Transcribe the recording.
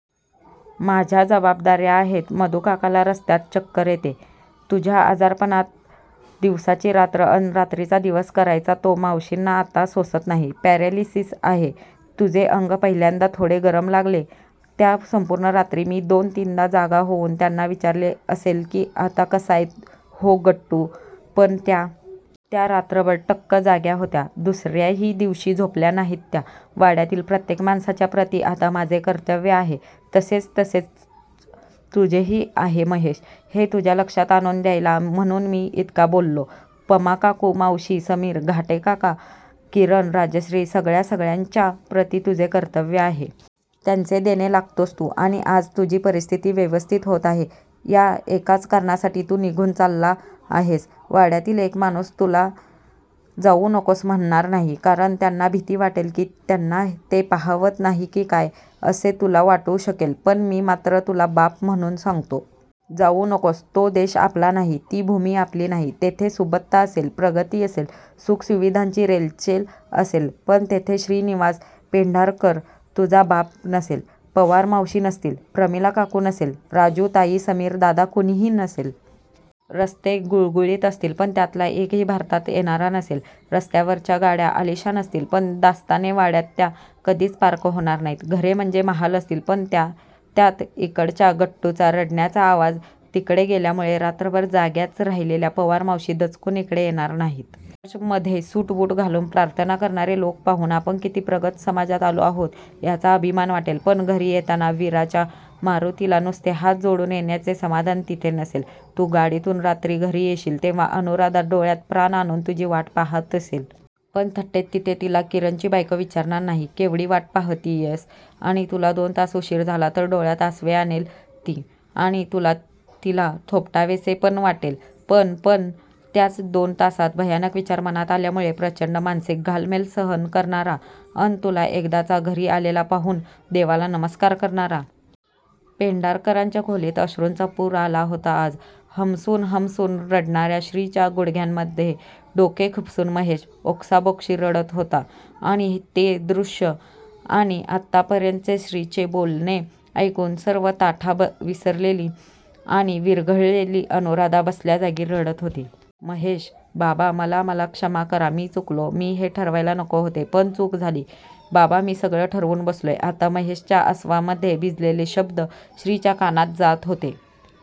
माझ्या जबाबदार्या आहेत. मधूकाकाला रस्त्यात चक्कर येते. तुझ्या आजारपणात दिवसाची रात्र अन रात्रीचा दिवस करायचा तो मावशींना आता सोसत नाही. पॅरलिसीस आहे. तुझे अंग पहिल्यांदा थोडे गरम लागले त्या संपूर्ण रात्री मी दोन तीनदा जागा होऊन त्यांना विचारले असेल की आता कसाय हो गट्टू पण त्या? त्या रात्रभर टक्क जाग्या होत्या. दुसर्याही दिवशी झोपल्या नाहीत त्या! वाड्यातील प्रत्येक माणसाच्या प्रती आता माझे कर्तव्य आहे. तसेच तसेच तुझेही आहे महेश. हे तुझ्या लक्षात आणून द्यायला म्हणून मी इतका बोललो. पमा काकू, मावशी, समीर, घाटे काका, किरण राजश्री सगळ्या सगळ्यांच्या प्रती तुझे कर्तव्य आहे. त्यांचे देणे लागतोस तू आणि आज तुझी परिस्थिती व्यवस्थित होत आहे या एकाच कारणासाठी तू निघून चालला आहेस. वाड्यातील एक माणूस तुला जाऊ नकोस म्हणणार नाही, कारण त्यांना भीती वाटेल की त्यांना ते पाहावत नाही की काय असे तुला वाटू शकेल पण मी मात्र तुला बाप म्हणून सांगतो. जाऊ नकोस. तो देश आपला नाही. ती भूमी आपली नाही. तेथे सुबत्ता असेल. प्रगती असेल. सुखसुविधांची रेलचेल असेल. पण तेथे श्रीनिवास पेंढारकर. तुझा बाप नसेल. पवार मावशी नसतील. प्रमिला काकू नसेल. राजू ताई समीर दादा कुणीही नसेल. रस्ते गुळगुळीत असतील. पण त्यातला एकही भारतात येणारा नसेल. रस्त्यावरच्या गाड्या आलिशान असतील. पण दास्ताने वाड्यात त्या कधीच पार्क होणार नाहीत. घरे म्हणजे महाल असतील. पण त्यात इकडच्या गट्टूचा रडण्याचा आवाज तिकडे गेल्यामुळे रात्रभर जाग्याच राहिलेल्या पवार मावशी दचकून इकडे येणार नाहीत. चर्चमधे सुटबुट घालून प्रार्थना करणारे लोक पाहून आपण किती प्रगत समजात आलो आहोत याचा अभिमान वाटेल. पण घरी येताना वीराच्या मारुतीला नुसते हात जोडून येण्याचे समाधान तिथे नसेल. तू गाडीतून रात्री घरी येशील तेव्हा अनुराधा डोळ्यात प्राण आणून तुझी वाट पाहात असेल. पण थट्टेत तिथे तिला किरणची बायको विचारणार नाही. केवढी वाट पाहतीयस? आणि तुला दोन तास उशीर झाला तर डोळ्यात आसवे आणेल ती आणि तुला तिला थोपटावेसे पण वाटेल पण पण त्याच दोन तासात भयानक विचार मनात आल्यामुळे प्रचंड मानसिक घालमेल सहन करणारा अन तुला एकदाचा घरी आलेला पाहून देवाला नमस्कार करणारा. पेंढारकरांच्या खोलीत अश्रूंचा पूर आला होता आज! हमसून हमसून रडणार्या श्रीच्या गुडघ्यांमधे डोके खुपसून महेश ओक्साबोक्शी रडत होता आणि ते दृष्य आणि आत्तापर्यंतचे श्रीचे बोलणे ऐकून सर्व ताठा विसरलेली आणि विरघळलेली अनुराधा बसल्या जागी रडत होती. महेश बाबा मला मला क्षमा करा मी चुकलो. मी हे ठरवायला नको होते. पण चूक झाली बाबा मी सगळं ठरवून बसलोय आता महेशच्या आसवांमधे भिजलेले शब्द श्रीच्या कानात जात होते.